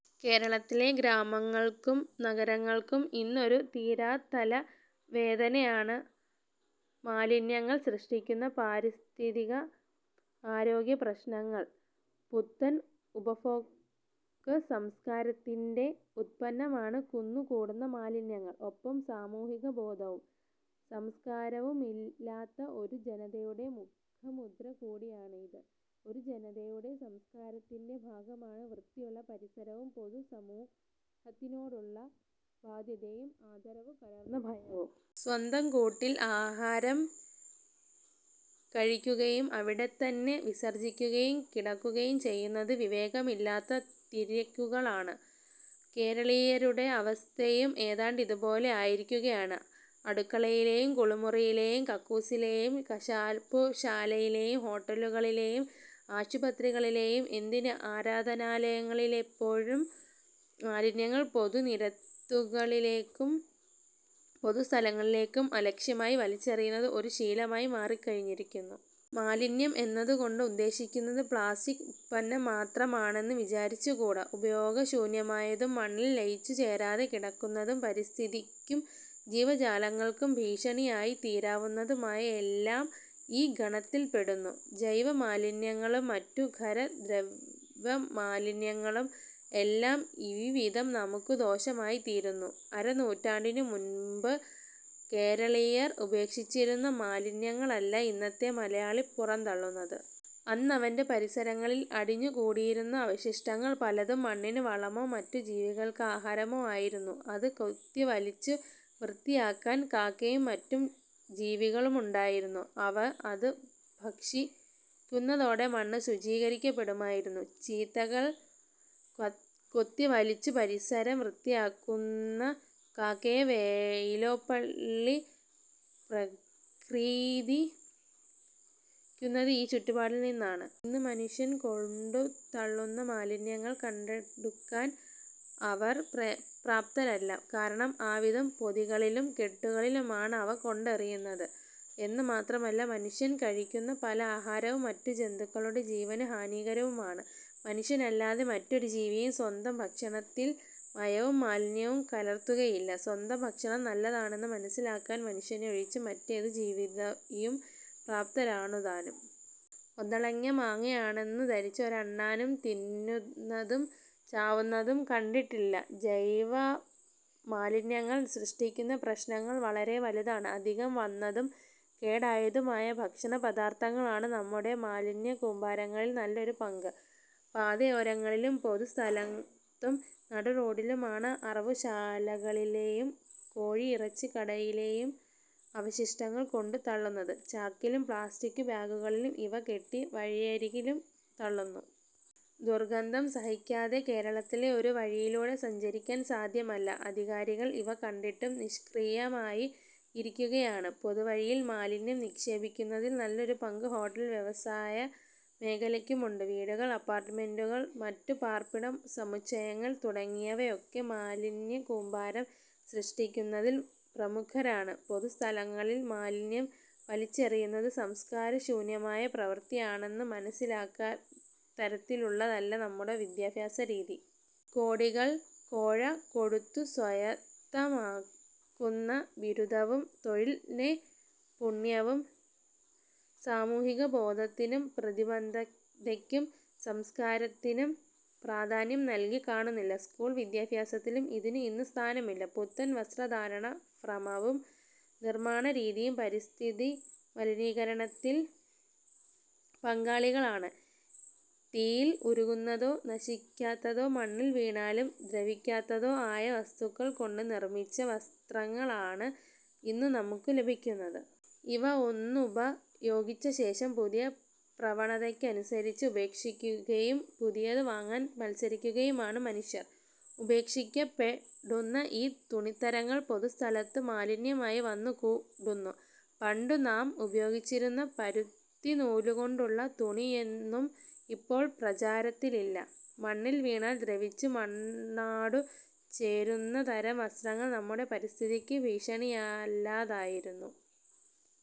കേരളത്തിലെ ഗ്രാമങ്ങൾക്കും നഗരങ്ങൾക്കും ഇന്ന് ഒരു തീരാത്തല വേദനയാണ് മാലിന്യങ്ങൾ സൃഷ്ടിക്കുന്ന പാരിസ്ഥിതിക-ആരോഗ്യ പ്രശ്നങ്ങൾ. പുത്തൻ ഉപഭോഗസംസ്കാരത്തിന്റെ ഉത്പന്നമാണ് കുന്നു കൂടുന്ന മാലിന്യങ്ങൾ. ഒപ്പം സാമൂഹികബോധവും സംസ്കാരവുമി ല്ലാത്ത ഒരു ജനതയുടെ മുഖമുദ്രകൂടിയാണ് ഇത്. ഒരു ജനതയുടെ സംസ്കാരത്തിന്റെ ഭാഗമാണ് വൃത്തിയുള്ള പരിസരവും പൊതുസമൂ ഹത്തിനോടുള്ള ബാധ്യതയും ആദരവു കലർന്ന ഭയവും. സ്വന്തം കൂട്ടിൽ ആഹാരം കഴിക്കുകയും അവിടെത്തന്നെ വിസർജ്ജിക്കുകയും കിട ക്കുകയും ചെയ്യുന്നത് വിവേകമില്ലാത്ത തിര്യക്കുകളാണ്. കേരളീയ രുടെ അവസ്ഥയും ഏതാണ്ട് ഇതുപോലെ ആയിരിക്കുകയാണ്. അടു ക്കളയിലെയും കുളിമുറിയിലെയും കക്കൂസിലെയും കശാപ്പുശാലയി ലെയും ഹോട്ടലുകളിലെയും ആശുപത്രികളിലെയും എന്തിന് ആരാ ധനാലയ ങ്ങളിലെപ്പോലും മാലിന്യങ്ങൾ പൊതുനിരത്തുകളിലേക്കും പൊതുസ്ഥലങ്ങളിലേക്കും അലക്ഷ്യമായി വലിച്ചെറിയുന്നത് ഒരു ശീല മായി മാറിക്കഴിഞ്ഞിരിക്കുന്നു. മാലിന്യം എന്നതുകൊണ്ട് ഉദ്ദേശിക്കുന്നത് പ്ലാസ്റ്റിക് ഉത്പന്നം മാത്ര മാണെന്നു വിചാരിച്ചുകൂടാ. ഉപയോഗശൂന്യമായതും മണ്ണിൽ ലയിച്ചു ചേരാതെ കിടക്കുന്നതും പരിസ്ഥിതിക്കും ജീവജാലങ്ങൾക്കും ഭീഷ ണിയായിത്തീരാവുന്നതുമായ എല്ലാം ഈ ഗണത്തിൽപ്പെടുന്നു. ജൈവ മാലിന്യങ്ങളും മറ്റു ഖര-ദ്രവമാലിന്യങ്ങളും എല്ലാം ഈവിധം നമുക്കു ദോഷമായിത്തീരുന്നു. അരനൂറ്റാണ്ടിനുമുമ്പ് കേരളീയർ ഉപേക്ഷിച്ചിരുന്ന മാലിന്യങ്ങളല്ല ഇന്നത്തെ മലയാളി പുറന്തള്ളുന്നത്. അന്നവന്റെ പരിസരങ്ങളിൽ അടി ഞ്ഞുകൂടിയിരുന്ന അവശിഷ്ടങ്ങൾ പലതും മണ്ണിനു വളമോ മറ്റു ജീവികൾക്ക് ആഹാരമോ ആയിരുന്നു. അത് കൊത്തിവലിച്ചു വൃത്തിയാ ക്കാൻ കാക്കയും മറ്റു ജീവികളുമുണ്ടായിരുന്നു. അവ അത് ഭക്ഷി ക്കുന്നതോടെ മണ്ണ് ശുചീകരിക്കപ്പെടുമായിരുന്നു. ചീത്തകൾ കൊത്തി വലിച്ചു പരിസരം വൃത്തിയാക്കുന്ന കാക്കയെ വൈലോപ്പിള്ളി പ്രകീർത്തി ക്കുന്നത് ഈ ചുറ്റുപാടിൽനിന്നാണ്. ഇന്നു മനുഷ്യൻ കൊണ്ടുത്തള്ളുന്ന മാലിന്യങ്ങൾ കണ്ടെടുക്കാൻ അവർ പ്രാപ്തരല്ല. കാരണം ആവിധം പൊതികളിലും കെട്ടുകളിലുമാണ് അവ കൊണ്ടറിയുന്നത്. എന്നു മാത്രമല്ല, മനുഷ്യൻ കഴിക്കുന്ന പല ആഹാരവും മറ്റു ജന്തുക്കളുടെ ജീവന് ഹാനികരവുമാണ്. മനുഷ്യനല്ലാതെ മറ്റൊരു ജീവിയും സ്വന്തം ഭക്ഷണത്തിൽ മായവും മാലിന്യവും കലർത്തുകയില്ല. സ്വന്തം ഭക്ഷണം നല്ലതാണെന്നു മനസ്സിലാക്കാൻ മനുഷ്യനൊഴിച്ച് മറ്റേതു ജീവിയും പ്രാപ്തരാണുതാനും. ഒതളങ്ങ മാങ്ങയാണെന്നു ധരിച്ച് ഒരണ്ണാനും തിന്നുന്നതും ചാവുന്നതും കണ്ടിട്ടില്ല. ജൈവമാലിന്യങ്ങൾ സൃഷ്ടിക്കുന്ന പ്രശ്നങ്ങൾ വളരെ വലുതാണ്. അധികം വന്നതും കേടായതുമായ ഭക്ഷണപദാർത്ഥങ്ങളാണ് നമ്മുടെ മാലിന്യക്കൂമ്പാരങ്ങളിൽ നല്ലൊരു പങ്ക്. പാതയോരങ്ങളിലും പൊതു സ്ഥലത്തും നടുറോഡിലുമാണ് അറവുശാലകളിലെയും കോഴിയിറ ച്ചിക്കടയിലെയും അവശിഷ്ടങ്ങൾ കൊണ്ടുത്തള്ളുന്നത്. ചാക്കിലും പ്ലാസ്റ്റിക്കു ബാഗുകളിലും ഇവ കെട്ടി വഴിയരികിലും തള്ളുന്നു. ദുർ ഗന്ധം സഹിക്കാതെ കേരളത്തിലെ ഒരു വഴിയിലൂടെ സഞ്ചരിക്കാൻ സാധ്യമല്ല. അധികാരികൾ ഇവ കണ്ടിട്ടും നിഷ്ക്രിയമായി ഇരിക്കുക യാണ്. പൊതുവഴിയിൽ മാലിന്യം നിക്ഷേപിക്കുന്നതിൽ നല്ലൊരു പങ്ക് ഹോട്ടൽ വ്യവസായ മേഖലയ്ക്കുമുണ്ട്. വീടുകൾ, അപ്പാർട്ടുമെന്റുകൾ, മറ്റു പാർപ്പിട സമുച്ചയങ്ങൾ തുടങ്ങിയവയൊക്കെ മാലിന്യക്കൂമ്പാരം സൃഷ്ടിക്കുന്നതിൽ പ്രമുഖരാണ്. പൊതുസ്ഥലങ്ങളിൽ മാലിന്യം വലി ച്ചെറിയുന്നത് സംസ്കാരശൂന്യമായ പ്രവൃത്തിയാണെന്നു മനസ്സിലാ ക്കാൻതരത്തിലുള്ളതല്ല നമ്മുടെ വിദ്യാഭ്യാസരീതി. കോടികൾ കോഴ കൊടുത്തു സ്വായത്തമാക്കുന്ന ബിരുദവും തൊഴിൽനൈപുണ്യവും സാമൂഹികബോധത്തിനും പ്രതിബദ്ധതയ്ക്കും സംസ്കാരത്തിനും പ്രാധാന്യം നല്കി കാണുന്നില്ല. സ്കൂൾ വിദ്യാഭ്യാസത്തിലും ഇതിന് ഇന്നു സ്ഥാനമില്ല. പുത്തൻ വസ്ത്രധാരണഭ്രമവും നിർമ്മാണരീതിയും പരിസ്ഥിതിമ ലീനീകരണത്തിൽ പങ്കാളികളാണ്. തീയിൽ ഉരുകുന്നതോ നശിക്കാ ത്തതോ മണ്ണിൽ വീണാലും ദ്രവിക്കാത്തതോ ആയ വസ്തുക്കൾക്കൊണ്ട് നിർമ്മിച്ച വസ്ത്രങ്ങളാണ് ഇന്നു നമുക്കു ലഭിക്കുന്നത്. ഇവ ഒന്നുപ യോഗിച്ചശേഷം പുതിയ പ്രവണതയ്ക്കനുസരിച്ച് ഉപേക്ഷിക്കുകയും പുതിയതു വാങ്ങാൻ മത്സരിക്കുകയുമാണ് മനുഷ്യർ. ഉപേക്ഷിക്കപ്പെ ടുന്ന ഈ തുണിത്തരങ്ങൾ പൊതുസ്ഥലത്തു മാലിന്യമായി വന്നുകൂ ടുന്നു. പണ്ടു നാം ഉപയോഗിച്ചിരുന്ന പരുത്തിനൂലുകൊണ്ടുള്ള തുണി യൊന്നും ഇപ്പോൾ പ്രചാരത്തിലില്ല. മണ്ണിൽ വീണാൽ ദ്രവിച്ചു മണ്ണാടു ചേരുന്നതരം വസ്ത്രങ്ങൾ നമ്മുടെ പരിസ്ഥിതിക്ക് ഭീഷണിയല്ലായി രുന്നു.